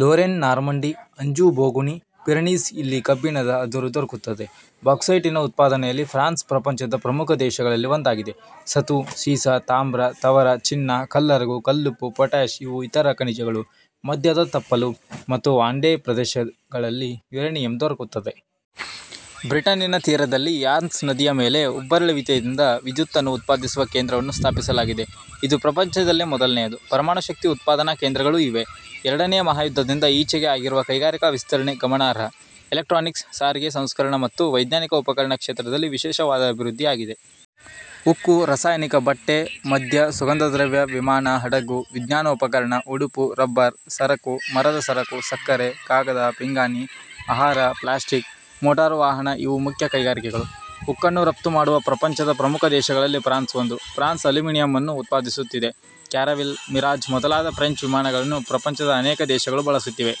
Lorraine, Normandy, Anjou ಬೋಗುಣಿ, Pyrenees ಇಲ್ಲಿ ಕಬ್ಬಿಣದ ಅದುರು ದೊರಕುತ್ತದೆ. ಬಾಕ್ಸೈಟಿನ ಉತ್ಪಾದನೆಯಲ್ಲಿ ಫ್ರಾನ್ಸ್ ಪ್ರಪಂಚದ ಪ್ರಮುಖ ದೇಶಗಳಲ್ಲಿ ಒಂದಾಗಿದೆ. ಸತು, ಸೀಸ, ತಾಮ್ರ, ತವರ, ಚಿನ್ನ, ಕಲ್ಲರಗು, ಕಲ್ಲುಪ್ಪು, ಪೊಟ್ಯಾಷ್ ಇವು ಇತರ ಖನಿಜಗಳು. ಮಧ್ಯದ ತಪ್ಪಲು ಮತ್ತು ವಾಂಡೇ ಪ್ರದೇಶಗಳಲ್ಲಿ ಯುರೇನಿಯಮ್ ದೊರಕುತ್ತದೆ. ಬ್ರಿಟನಿ ತೀರದಲ್ಲಿ ರ್ಯಾನ್ಸ್ ನದಿಯ ಮೇಲೆ ಉಬ್ಬರವಿಳಿತದಿಂದ ವಿದ್ಯುತ್ತನ್ನು ಉತ್ಪಾದಿಸುವ ಕೇಂದ್ರವನ್ನು ಸ್ಥಾಪಿಸಲಾಗಿದೆ. ಇದು ಪ್ರಪಂಚದಲ್ಲೇ ಮೊದಲನೆಯದು. ಪರಮಾಣುಶಕ್ತಿ ಉತ್ಪಾದನ ಕೇಂದ್ರಗಳೂ ಇವೆ. ಎರಡನೆಯ ಮಹಾ ಯುದ್ಧದಿಂದ ಈಚೆಗೆ ಆಗಿರುವ ಕೈಗಾರಿಕಾ ವಿಸ್ತರಣೆ ಗರ್ಮನಾರ್ಹ. ಎಲೆಕ್ಟ್ರಾನಿಕ್ಸ್, ಸಾರಿಗೆ, ಸಂಸ್ಕರಣ ಮತ್ತು ವೈಜ್ಞಾನಿಕ ಉಪಕರಣ ಕ್ಷೇತ್ರಗಳಲ್ಲಿ ವಿಶೇಷವಾದ ಅಭಿವೃದ್ಧಿಯಾಗಿದೆ. ಉಕ್ಕು, ರಸಾಯನಿಕ, ಬಟ್ಟೆ, ಮದ್ಯ ಸುಗಂಧದ್ರವ್ಯ, ವಿಮಾನ, ಹಡಗು, ವಿಜ್ಞಾನೋಪಕರಣ, ಉಡುಪು, ರಬ್ಬರ್ ಸರಕು, ಮರದ ಸರಕು, ಸಕ್ಕರೆ, ಕಾಗದ ಪಿಂಗಾಣಿ, ಆಹಾರ, ಪ್ಲಾಸ್ಟಿಕ್, ಮೋಟಾರುವಾಹನ ಇವು ಮುಖ್ಯ ಕೈಗಾರಿಕೆಗಳು. ಉಕ್ಕನ್ನು ರಫ್ತುಮಾಡುವ ಪ್ರಪಂಚದ ಪ್ರಮುಖ ದೇಶಗಳಲ್ಲಿ ಫ್ರಾನ್ಸ್ ಒಂದು. ಫ್ರಾನ್ಸ್ ಅಲ್ಯೂಮಿನಿಯಮನ್ನೂ ಉತ್ಪಾದಿಸುತ್ತಿದೆ. ಕ್ಯಾರವಿಲ್, ಮಿರಾಜ್ ಮೊದಲಾದ ಫ್ರೆಂಚ್ ವಿಮಾನಗಳನ್ನು ಪ್ರಪಂಚದ ಅನೇಕ ದೇಶಗಳು ಬಳಸುತ್ತಿವೆ.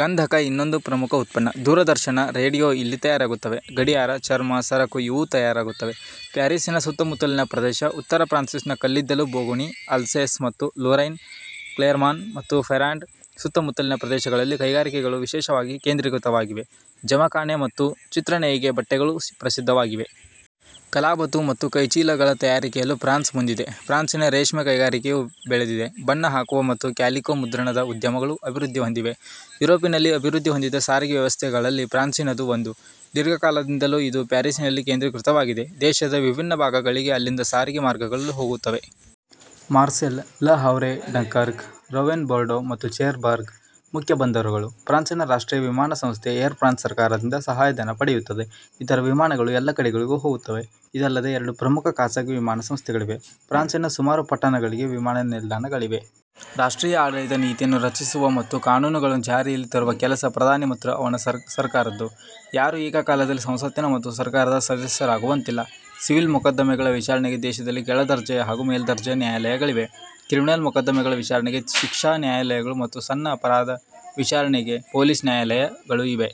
ಗಂಧಕ ಇನ್ನೊಂದು ಪ್ರಮುಖ ಉತ್ಪನ್ನ. ದೂರದರ್ಶನ, ರೇಡಿಯೋ ಇಲ್ಲಿ ತಯಾರಾಗುತ್ತವೆ. ಗಡಿಯಾರ, ಚರ್ಮ ಸರಕು ಇವೂ ತಯಾರಾಗುತ್ತವೆ. ಪ್ಯಾರಿಸಿನ ಸುತ್ತುಮುತ್ತಲಿನ ಪ್ರದೇಶ, ಉತ್ತರ ಫ್ರಾನ್ಸಿನ ಕಲ್ಲಿದ್ದಲು ಬೋಗುಣಿ ಆಲ್ಸೇಸ್ ಮತ್ತು ಲೊರೈನ್, ಕ್ಲೆರ್ಮಾನ್ ಮತ್ತು ಫೆರಾಂಡ್ ಸುತ್ತಮುತ್ತಲಿನ ಪ್ರದೇಶಗಳಲ್ಲಿ ಕೈಗಾರಿಕೆಗಳು ವಿಶೇಷವಾಗಿ ಕೇಂದ್ರೀಕೃತವಾಗಿವೆ. ಜಮಖಾನೆ ಮತ್ತು ಚಿತ್ರನೇಯ್ಗೆ ಬಟ್ಟೆಗಳೂ ಪ್ರಸಿದ್ಧವಾಗಿವೆ. ಕಲಾಬತು ಮತ್ತು ಕೈಚೀಲಗಳ ತಯಾರಿಕೆಯಲ್ಲೂ ಫ್ರಾನ್ಸ್ ಮುಂದಿದೆ. ಫ್ರಾನ್ಸಿನಲ್ಲಿ ರೇಷ್ಮೆ ಕೈಗಾರಿಕೆಯೂ ಬೆಳೆದಿದೆ. ಬಣ್ಣ ಹಾಕುವ ಮತ್ತು ಕ್ಯಾಲಿಕೊ ಮುದ್ರಣದ ಉದ್ಯಮಗಳು ಅಭಿವೃದ್ಧಿಹೊಂದಿವೆ. ಯುರೋಪಿನಲ್ಲಿ ಅಭಿವೃದ್ಧಿ ಹೊಂದಿದ ಸಾರಿಗೆ ವ್ಯವಸ್ಥೆಗಳಲ್ಲಿ ಫ್ರಾನ್ಸಿನದೂ ಒಂದು. ದೀರ್ಘಕಾಲದಿಂದಲೂ ಇದು ಫ್ಯಾರಿಸಿನಲ್ಲಿ ಕೇಂದ್ರೀಕೃತವಾಗಿದೆ. ದೇಶದ ವಿಭಿನ್ನ ಭಾಗಗಳಿಗೆ ಅಲ್ಲಿಂದ ಸಾರಿಗೆ ಮಾರ್ಗಗಳು ಹೋಗುತ್ತವೆ. ಮಾರ್ಸೇಲ್, ಲ ಹಾವ್ರೆ ಡಂಕರ್ಕ್, ರೂವೆನ್ಬೋರ್ಡೋ ಮತ್ತು ಚೆರ್ಬಗ್ ಮುಖ್ಯ ಬಂದರುಗಳು. ಫ್ರಾನ್ಸಿನ ರಾಷ್ಟ್ರೀಯ ವಿಮಾನ ಸಂಸ್ಥೆ ಏರ್ ಫ್ರಾನ್ಸ್ ಸರ್ಕಾರದಿಂದ ಸಹಾಯಧನ ಪಡೆಯುತ್ತದೆ. ಇದರ ವಿಮಾನಗಳು ಎಲ್ಲ ಕಡೆಗಳಿಗೂ ಹೋಗುತ್ತವೆ. ಇದಲ್ಲದೆ ಎರಡು ಪ್ರಮುಖ ಖಾಸಗಿ ವಿಮಾನ ಸಂಸ್ಥೆಗಳಿವೆ. ಫ್ರಾನ್ಸಿನ ಸುಮಾರು ಪಟ್ಟಣಗಳಿಗೆ ವಿಮಾನ ನಿಲ್ದಾಣಗಳಿವೆ. ರಾಪ್ಟ್ರೀಯ ಆಡಳಿತ ನೀತಿಯನ್ನು ರಚಿಸುವ ಮತ್ತು ಕಾನೂನುಗಳನ್ನು ಜಾರಿಯಲ್ಲಿ ತರುವ ಕೆಲಸ ಪ್ರಧಾನಿ ಮತ್ತು ಅವನ ಸರ್ಕಾರದ್ದು. ಯಾರು ಏಕ ಕಾಲದಲ್ಲಿ ಸಂಸತ್ತಿನ ಮತ್ತು ಸರ್ಕಾರದ ಸದಸ್ಯರಾಗುವಂತಿಲ್ಲ. ಸಿವಿಲ್ ಮೊಕದ್ದಮೆಗಳ ವಿಚಾರಣೆಗೆ ದೇಶದಲ್ಲಿ ಕೆಳದರ್ಜೆಯ ಹಾಗೂ ಮೇಲುದರ್ಜೆಯ ನ್ಯಾಯಾಲಯಗಳಿವೆ. ಕ್ರಿಮಿನಲ್ ಮೊಕದ್ದಮೆಗಳ ವಿಚಾರಣೆಗೆ ಶಿಕ್ಷಾ ನ್ಯಾಯಾಲಯಗಳು ಮತ್ತು ಸಣ್ಣ ಅಪರಾಧಗಳ ವಿಚಾರಣೆಗೆ ಪೊಲೀಸ್ ನ್ಯಾಯಾಲಯಗಳು ಇವೆ.